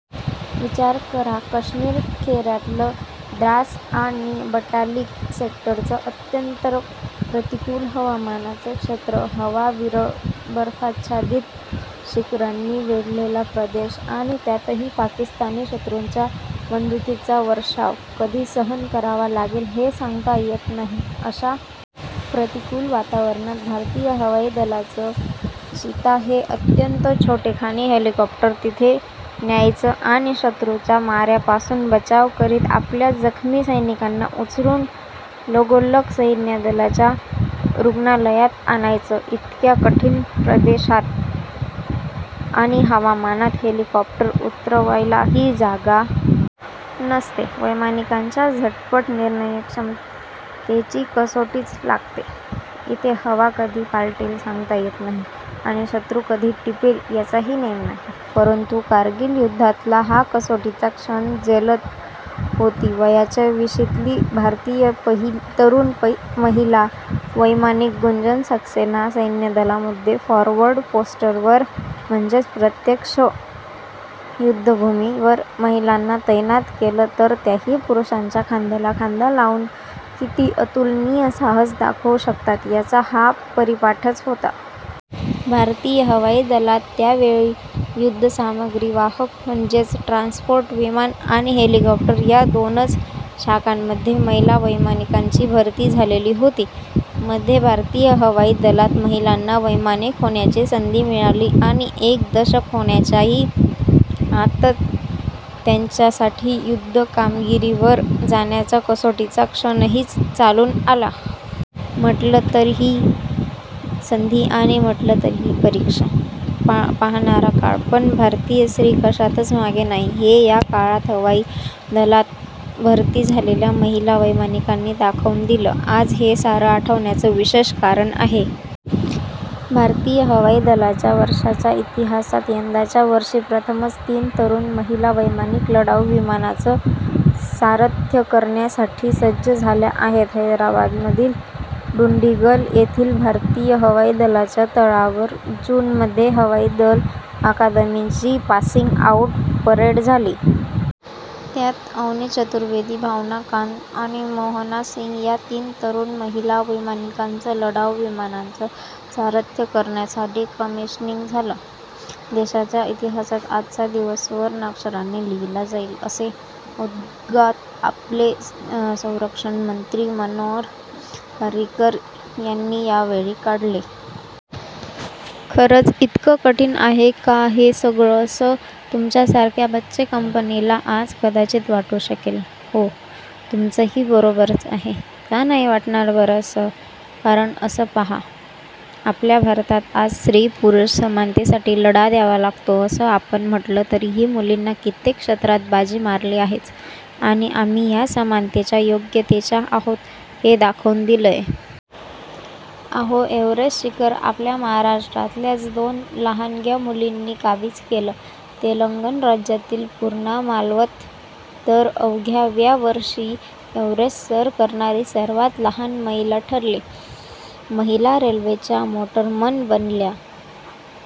विचार करा, काश्मीर खोऱ्यातलं द्रास आणि बटालिक सेक्टरचं अत्यंत प्रतिकूल हवामानाचं क्षेत्र. हवा विरळ, बर्फाच्छादित शिखरांनी वेढलेला प्रदेश आणि त्यातही पाकिस्तानी शत्रूंच्या बंदुकीचा वर्षाव कधी सहन करावा लागेल, हे सांगता येत नाही. अशा प्रतिकूल वातावरणात भारतीय हवाई दलाचं चीता हे अत्यंत छोटेखानी हेलिकॉप्टर तिथे न्यायचं आणि शत्रूच्या माऱ्यापासून बचाव करीत आपल्या जखमी सैनिकांना उचलून लगोलग सैन्यदलाच्या रुग्णालयात आणायचं… इतक्या कठीण प्रदेशात आणि हवामानात हेलिकॉप्टर उतरवायलाही जागा नसते… वैमानिकाच्या झटपट निर्णयक्षमतेची कसोटीच लागते इथे… हवा कधी पालटेल सांगता येत नाही आणि शत्रू कधी टिपेल, त्याचाही नेम नाही… परंतु कारगील युध्दातला हा कसोटीचा क्षण झेलत होती वयाच्या विशीतली भारतीय तरुण महिला वैमानिक गुंजन सक्सेना… सैन्यदलांमध्ये फॉरवर्ड पोस्ट्सवर म्हणजेच प्रत्यक्ष युध्दभूमीवर महिलांना तैनात केलं, तर त्याही पुरुषांच्याच खांद्याला खांदा लावून किती अतुलनीय साहस दाखवू शकतात, त्याचा हा परिपाठच होता. भारतीय हवाई दलात त्यावेळी युध्दसामग्रीवाहक म्हणजेच ट्रान्सपोर्ट विमानं आणि हेलिकॉप्टर या दोनच शाखांमध्ये महिला वैमानिकांची भरती झालेली होती. मध्ये भारतीय हवाई दलात महिलांना वैमानिक होण्याची संधी मिळाली आणि एक दशक होण्याच्याही आतच त्यांच्यासाठी युध्दकामगिरीवर जाण्याचा कसोटीचा क्षणही चालून आला. म्हटलं तर ही संधी आणि म्हटलं तर परीक्षा पाहणारा काळ. पण भारतीय स्त्री कशातच मागे नाही, हे या काळात हवाई दलात भरती झालेल्या महिला वैमानिकांनी दाखवून दिलं. आज हे सारं आठवण्याचं विशेष कारण आहे. भारतीय हवाई दलाच्या वर्षांच्या इतिहासात यंदाच्या वर्षी प्रथमच तीन तरुण महिला वैमानिक लढाऊ विमानांचं सारथ्य करण्यासाठी सज्ज झाल्या आहेत. हैदराबादमधील डुंडिगल येथील भारतीय हवाई दलाच्या तळावर जूनमध्ये हवाई दल अकादमीची पासिंग आऊट परेड झाली. त्यात अवनी चतुर्वेदी, भावना कांत आणि मोहना सिंग या तीन तरुण महिला वैमानिकांचं लढाऊ विमानांचं सारथ्य करण्यासाठी कमिशनिंग झालं. देशाच्या इतिहासात आजचा दिवस सुवर्णाक्षरांनी लिहिला जाईल, असे उद्गार आपले संरक्षणमंत्री मनोहर पर्रीकर यांनी यावेळी काढले. खरंच, इतकं कठीण आहे का हे सगळं, असं तुमच्यासारख्या बच्चेकंपनीला आज कदाचित वाटू शकेल. हो, तुमचंही बरोबरच आहे. का नाही वाटणार बरं असं? कारण असं पहा, आपल्या भारतात आज स्त्री-पुरुष समानतेसाठी लढा द्यावा लागतो असं आपण म्हटलं, तरीही मुलींनी कित्येक क्षेत्रात बाजी मारली आहेच आणि आम्ही या समानतेच्या योग्यतेच्या आहोत, हे दाखवूनच दिलंय. अहो, एव्हरेस्ट शिखर आपल्या महाराष्ट्रातल्याच दोन लहानग्या मुलींनी काबीज केलं, तेलंगण राज्यातली पूर्णा मालवथ तर अवघ्या व्या वर्षी एव्हरेस्ट सर करणारी सर्वात लहान महिला ठरली. महिला रेल्वेच्या मोटरमन बनल्या.